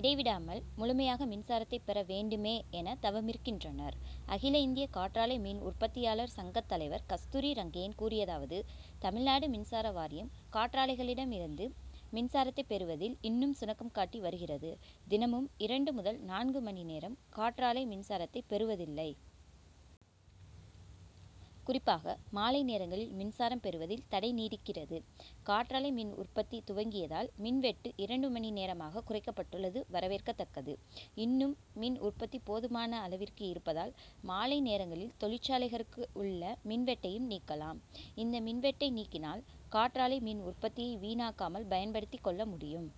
இடை விடாமல் முழுமையாக மின்சாரத்தை பெற வேண்டுமே என தவமிருக்கின்றனர். அகில இந்திய காற்றாலை மின் உற்பத்தியாளர் சங்கத் தலைவர் கஸ்தூரி ரங்கையன் கூறியதாவது தமிழ்நாடு மின்சாரவாரியம், காற்றாலைகளிடம் இருந்து மின்சாரத்தை பெறுவதில் இன்னும் சுணக்கம் காட்டி வருகிறது. தினமும் இரண்டு முதல் நான்கு மணி நேரம் காற்றாலை மின்சாரத்தை பெறுவதில்லை. குறிப்பாக மாலை நேரங்களில் மின்சாரம் பெறுவதில் தடை நீடிக்கிறது. காற்றாலை மின் உற்பத்தி துவங்கியதால், மின் வெட்டு இரண்டு மணி நேரமாக குறைக்கப்பட்டுள்ளது; வரவேற்கத்தக்ககது. இன்னும் மின் உற்பத்தி போதுமான அளவிற்கு இருப்பதால், மாலை நேரங்களில் தொழிற்சாலைகளுக்கு உள்ள மின்வெட்டையும் நீக்கலாம். இந்த மின்வெட்டை நீக்கினால், காற்றாலை மின் உற்பத்தியை வீணாக்காமல் பயன்படுத்திக்கொள்ள முடியும்.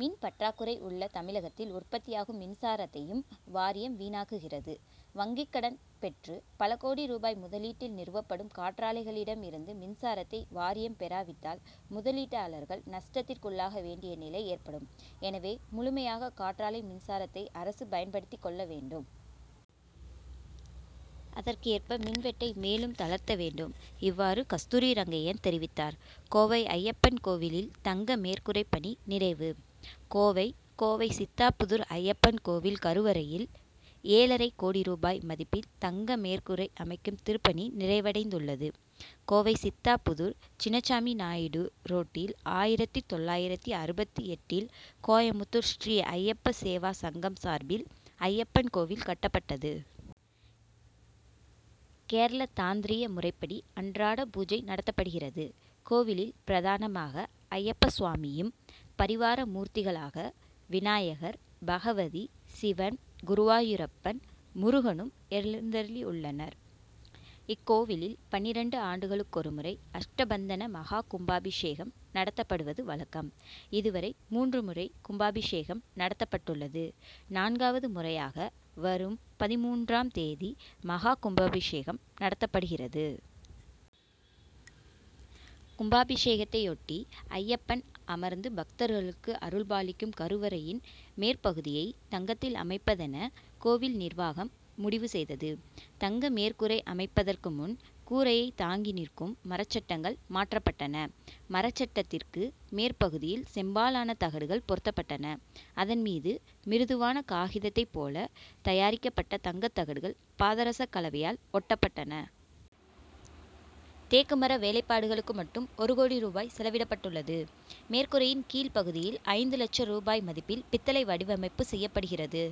மின் பற்றாக்குறை உள்ள தமிழகத்தில், உற்பத்தியாகும் மின்சாரத்தையும் வாரியம் வீணாக்குகிறது. வங்கிக் கடன்பெற்று, பல கோடி ரூபாய் முதலீட்டில் நிறுவப்படும் காற்றாலைகளிடம் இருந்து மின்சாரத்தை வாரியம் பெறாவிட்டால், முதலீட்டாளர்கள் நஷ்டத்திற்குள்ளாக வேண்டிய நிலை ஏற்படும். எனவே, முழுமையாக காற்றாலை மின்சாரத்தை அரசு பயன்படுத்திக் கொள்ள வேண்டும். அதற்கு ஏற்ப மின்வெட்டை மேலும் தளர்த்த வேண்டும். இவ்வாறு கஸ்தூரி ரங்கையன் தெரிவித்தார். கோவை அய்யப்பன் கோவிலில் தங்க மேற்கூரை பணி நிறைவு கோவை கோவை சித்தாபுதூர் அய்யப்பன் கோவில் கருவறையில், ஏழரை கோடி ரூபாய் மதிப்பில் தங்க மேற்கூரை அமைக்கும் திருப்பணி நிறைவடைந்துள்ளது. கோவை சித்தாபுதூர் சின்னசாமிநாயுடு ரோட்டில், ஆயிரத்து தொள்ளாயிரத்து அறுபத்து எட்டில் கோயமுத்தூர் ஸ்ரீ ஐயப்ப சேவா சங்கம் சார்பில், அய்யப்பன் கோவில் கட்டப்பட்டது. கேரள தாந்திரிய முறைப்படி அன்றாட பூஜை நடத்தப்படுகிறது. கோவிலில் பிரதானமாக அய்யப்ப சுவாமியும், பரிவார மூர்த்திகளாக விநாயகர், பகவதி, சிவன், குருவாயூரப்பன், முருகனும் எழுந்தருளியுள்ளனர். இக்கோவிலில், பன்னிரண்டு ஆண்டுகளுக்கொருமுறை அஷ்டபந்தன மகா கும்பாபிஷேகம் நடத்தப்படுவது வழக்கம். இதுவரை மூன்று முறை கும்பாபிஷேகம் நடத்தப்பட்டுள்ளது. நான்காவது முறையாக வரும் பதின்மூன்று ம் தேதி மகா கும்பாபிஷேகம் நடத்தப்படுகிறது. கும்பாபிஷேகத்தையொட்டி, அய்யப்பன் அமர்ந்து பக்தர்களுக்கு அருள்பாலிக்கும் கருவறையின் மேற்பகுதியை தங்கத்தில் அமைப்பதென கோவில் நிர்வாகம் முடிவு செய்தது. தங்க மேற்கூரை அமைப்பதற்கு முன், கூரையை தாங்கி நிற்கும் மரச்சட்டங்கள் மாற்றப்பட்டன. மரச்சட்டத்திற்கு மேற்பகுதியில் செம்பாலான தகடுகள் பொருத்தப்பட்டன. அதன் மீது, மிருதுவான காகிதத்தை போல தயாரிக்கப்பட்ட தங்கத்தகடுகள், பாதரசக்கலவையால் ஒட்டப்பட்டன. தேக்கு மர வேலைப்பாடுகளுக்கு மட்டும் ஒரு கோடி ரூபாய் செலவிடப்பட்டுள்ளது. மேற்கூரையின் கீழ் பகுதியில் ஐந்து லட்ச ரூபாய் மதிப்பில் பித்தளை வடிவமைப்பு செய்யப்படுகிறது.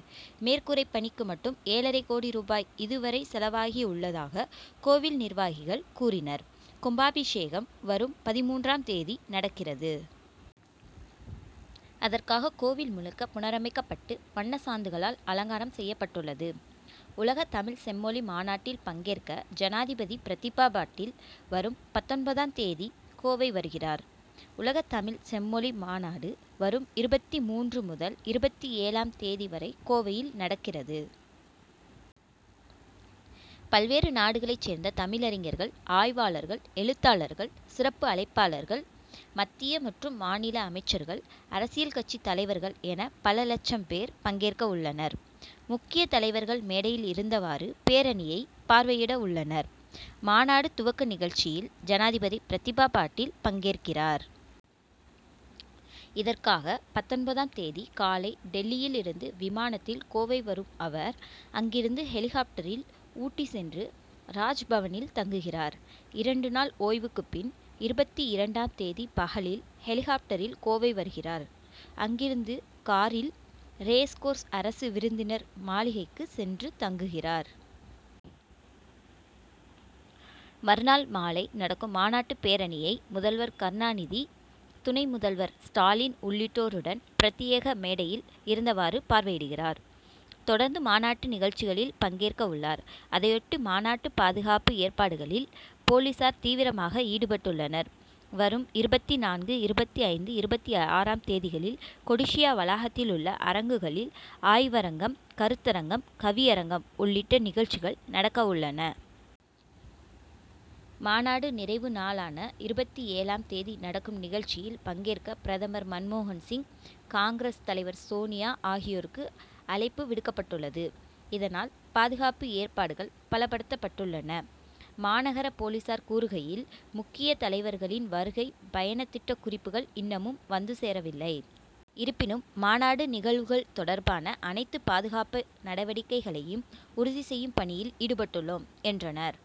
மேற்கூரைப்பணிக்கு மட்டும் ஏழரை கோடி ரூபாய் இது வரை செலவாகியுள்ளதாக கோவில் நிர்வாகிகள் கூறினர். கும்பாபிஷேகம் வரும் பதின்மூன்றாம் தேதி நடக்கிறது. அதற்காக கோவில் முழுக்க புனரமைக்கப்பட்டு, வண்ணச்சாந்துகளால் அலங்காரம் செய்யப்பட்டுள்ளது. உலகத் தமிழ்ச் செம்மொழி மாநாட்டில் பங்கேற்க, ஜனாதிபதி பிரதிபா பாட்டீல், வரும் பத்தொன்பதாம் தேதி கோவை வருகிறார். உலகத் தமிழ்ச் செம்மொழி மாநாடு, வரும் இருபத்து மூன்று முதல் இருபத்து ஏழு ம் தேதி வரை கோவையில் நடக்கிறது. பல்வேறு நாடுகளைச் சேர்ந்த தமிழறிஞர்கள், ஆய்வாளர்கள், எழுத்தாளர்கள், சிறப்பு அழைப்பாளர்கள், மத்திய மற்றும் மாநில அமைச்சர்கள், அரசியல் கட்சித் தலைவர்கள் என, பல லட்சம் பேர் பங்கேற்கவுள்ளனர். உ. முக்கிய தலைவர்கள் மேடையில் இருந்தவாறு, பேரணியை பார்வையிடவுள்ளனர். மாநாடு துவக்க நிகழ்ச்சியில், ஜனாதிபதி பிரதிபா பாட்டீல் பங்கேற்கிறார். இதற்காக, பத்தொன்பதாம் தேதி காலை டில்லியில் இருந்து விமானத்தில் கோவை வரும் அவர், அங்கிருந்து ஹெலிகாப்டரில் ஊட்டி சென்று, ராஜ்பவனில் தங்குகிறார். இரண்டு நாள் ஓய்வுக்கு பின், இருபத்து இரண்டாம் தேதி பகலில் ஹெலிகாப்டரில் கோவை வருகிறார். அங்கிருந்து காரில் ரேஸ்கோர்ஸ் அரசு விருந்தினர் மாளிகைக்கு சென்று தங்குகிறார். மறுநாள் மாலை நடக்கும் மாநாட்டுப்பேரணியை, முதல்வர் கருணாநிதி, துணை முதல்வர் ஸ்டாலின் உள்ளிட்டோருடன் பிரத்யேக மேடையில் இருந்தவாறு பார்வையிடுகிறார். தொடர்ந்து, மாநாட்டு நிகழ்ச்சிகளில் பங்கேற்கவுள்ளார். அதையொட்டி, மாநாடு பாதுகாப்பு ஏற்பாடுகளில் போலீசார் தீவிரமாக ஈடுபட்டுள்ளனர். வரும் இருபத்து நான்கு, இருபத்து ஐந்து, இருபத்து ஆறாம் தேதிகளில் கொடிசியா வளாகத்திலுள்ள அரங்குகளில் ஆய்வரங்கம், கருத்தரங்கம், கவியரங்கம் உள்ளிட்ட நிகழ்ச்சிகள் நடக்கவுள்ளன. மாநாடு நிறைவு நாளான இருபத்து ஏழாம் தேதி நடக்கும் நிகழ்ச்சியில் பங்கேற்க பிரதமர் மன்மோகன் சிங், காங்., தலைவர் சோனியா ஆகியோருக்கு அழைப்பு விடுக்கப்பட்டுள்ளது. இதனால், பாதுகாப்பு ஏற்பாடுகள் பலப்படுத்தப்பட்டுள்ளன. மாநகர போலீசார் கூறுகையில், முக்கிய தலைவர்களின் வருகை பயண திட்டக் குறிப்புகள் இன்னமும் வந்து சேரவில்லை. இருப்பினும், மாநாடு நிகழ்வுகள் தொடர்பான அனைத்து பாதுகாப்பு நடவடிக்கைகளையும் உறுதி செய்யும் பணியில் ஈடுபட்டுள்ளோம், என்றனர்.